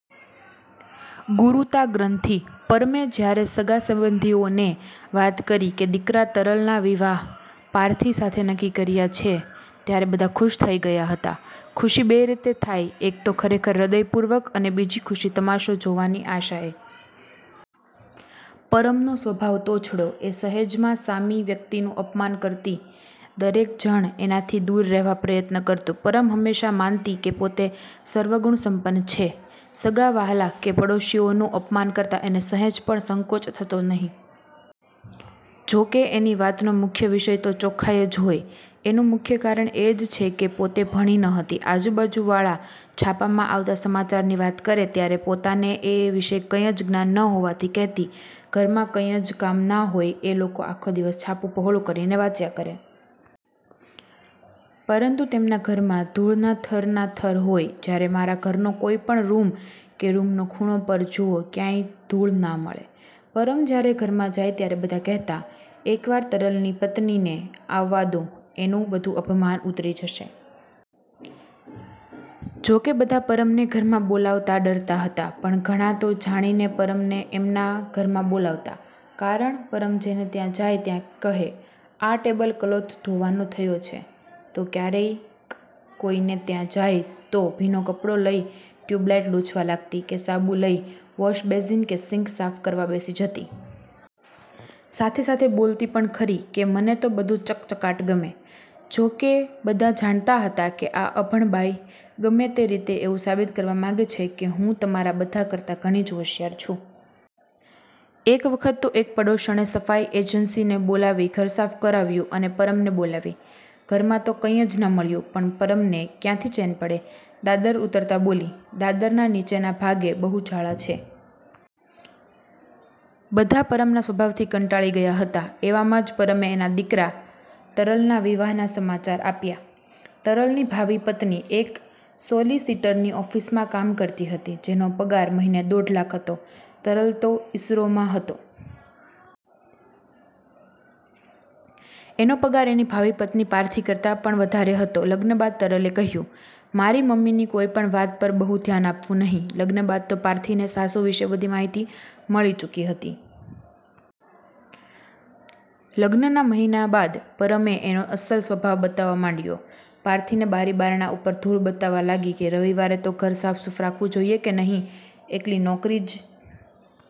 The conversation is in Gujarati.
ગુરૂતાગ્રંથિ: પરમે જયારે સગાસંબંધીઓને વાત કરી કે દીકરા તરલના વિવાહ પાર્થી સાથે નક્કી કર્યા છે, ત્યારે બધા ખુશ થઈ ગયા હતા. ખુશી બે રીતે થાય એક તો ખરેખર હ્દયપૂર્વક અને બીજી ખુશી તમાશો જોવાની આશાએ. પરમનો સ્વભાવ તોછડો. એ સહેજમાં સામી વ્યક્તિનું અપમાન કરતી. દરેક જણ એનાથી દૂર રહેવા પ્રયત્ન કરતું. પરમ હમેશાં માનતી કે પોતે સર્વગુણસંપન્ન છે. સગાવહાલા કે પડોશીઓનું અપમાન કરતાં એને સહેજપણ સંકોચ થતો નહીં. જો કે એની વાતનો મુખ્ય વિષય તો ચોખ્ખાઈ જ હોય. એનું મુખ્ય કારણ એ જ કે પોતે ભણી ન હતી. આજુ-બાજુવાળા છાપામાં આવતાં સમાચારની વાત કરે ત્યારે પોતાને એ વિષે કંઈ જ જ્ઞાન ન હોવાથી કહેતી,"ઘરમાં કંઈ જ કામ ના હોય એ લોકો આખો દિવસ છાપું પહોળું કરીને વાંચ્યા કરે. પરંતુ તેમના ઘરમાં ધૂળના થરના થર હોય. જયારે મારા ઘરનો કોઈ પણ રુમ કે રુમનો ખૂણો પણ જુઓ ક્યાંય ધૂળ ના મળે."પરમ જયારે ઘરમાં જાય ત્યારે બધા કહેતાં, "એકવાર તરલની પત્નીને આવવા દો એનું બધું અભિમાન ઉતરી જશે." જો કે બધા પરમને ઘરમાં બોલાવતાં ડરતાં હતાં, પણ ઘણા તો જાણીને પરમને એમના ઘરમાં બોલાવતાં, કારણ પરમ જેને ત્યાં જાય ત્યાં કહે,"આ ટેબલ કલોથ ધોવાનો થયો છે." તો કયારેક કોઈને ત્યાં જાય તો ભીનો કપડો લઈ ટ્યુબલાઈટ લૂછવા લાગતી, કે સાબુ લઈ વોશબેઝીન કે સિન્ક સાફ કરવા બેસી જતી. સાથે-સાથે બોલતી પણ ખરી કે,"મને તો બધુ ચકચકાટ ગમે." જો કે બધા જાણતાં હતાં કે આ અભણબાઈ ગમે તે રીતે એવું સાબિત કરવા માંગે છે કે હું તમારા બધા કરતાં ઘણી જ હોંશિયાર છું. એકવખત તો એક પડોશણે સફાઈ એજન્સી ને બોલાવી ઘર સાફ કરાવ્યું અને પરમને બોલાવી. ઘરમાં તો કંઈ જ ના મળ્યું, પણ પરમને કયાંથી ચેન પડે? દાદર ઉતરતાં બોલી, "દાદરના નીચેના ભાગે બહુુ જાળાં છે." બધા પરમના સ્વભાવથી કંટાળી ગયા હતાં. એવામાં જ પરમે એના દીકરા તરલના વિવાહ ના સમાચાર આપ્યા. તરલની ભાવી પત્ની એક સોલિસીટરની ઓફિસમાં કામ કરતી હતી, એનો પગાર મહિને દોઢલાખ હતો. તરલ તો ઈસરોમાં હતો. એનો પગાર એની ભાવિ પત્ની પાર્થી કરતાં પણ વધારે હતો. લગ્ન બાદ તરલે કહેલું, "મારી મમ્મીની કોઈ પણ વાત પર બહુ ધ્યાન આપવું નહિ." લગ્ન બાદ તો પાર્થી ને સાસુ વિષે બધી માહિતી મળી ચૂકી હતી. લગ્નના મહિના બાદ પરમે એનો અસલ સ્વભાવ બતાવવા માંડયો. પાર્થીને બારીબારણા ઉપર ધૂળ બતાવવા લાગી કે રવિવારે તો ઘર સાફસુફ રાખવું જોઈએ કે નહિ? એકલી નોકરી જ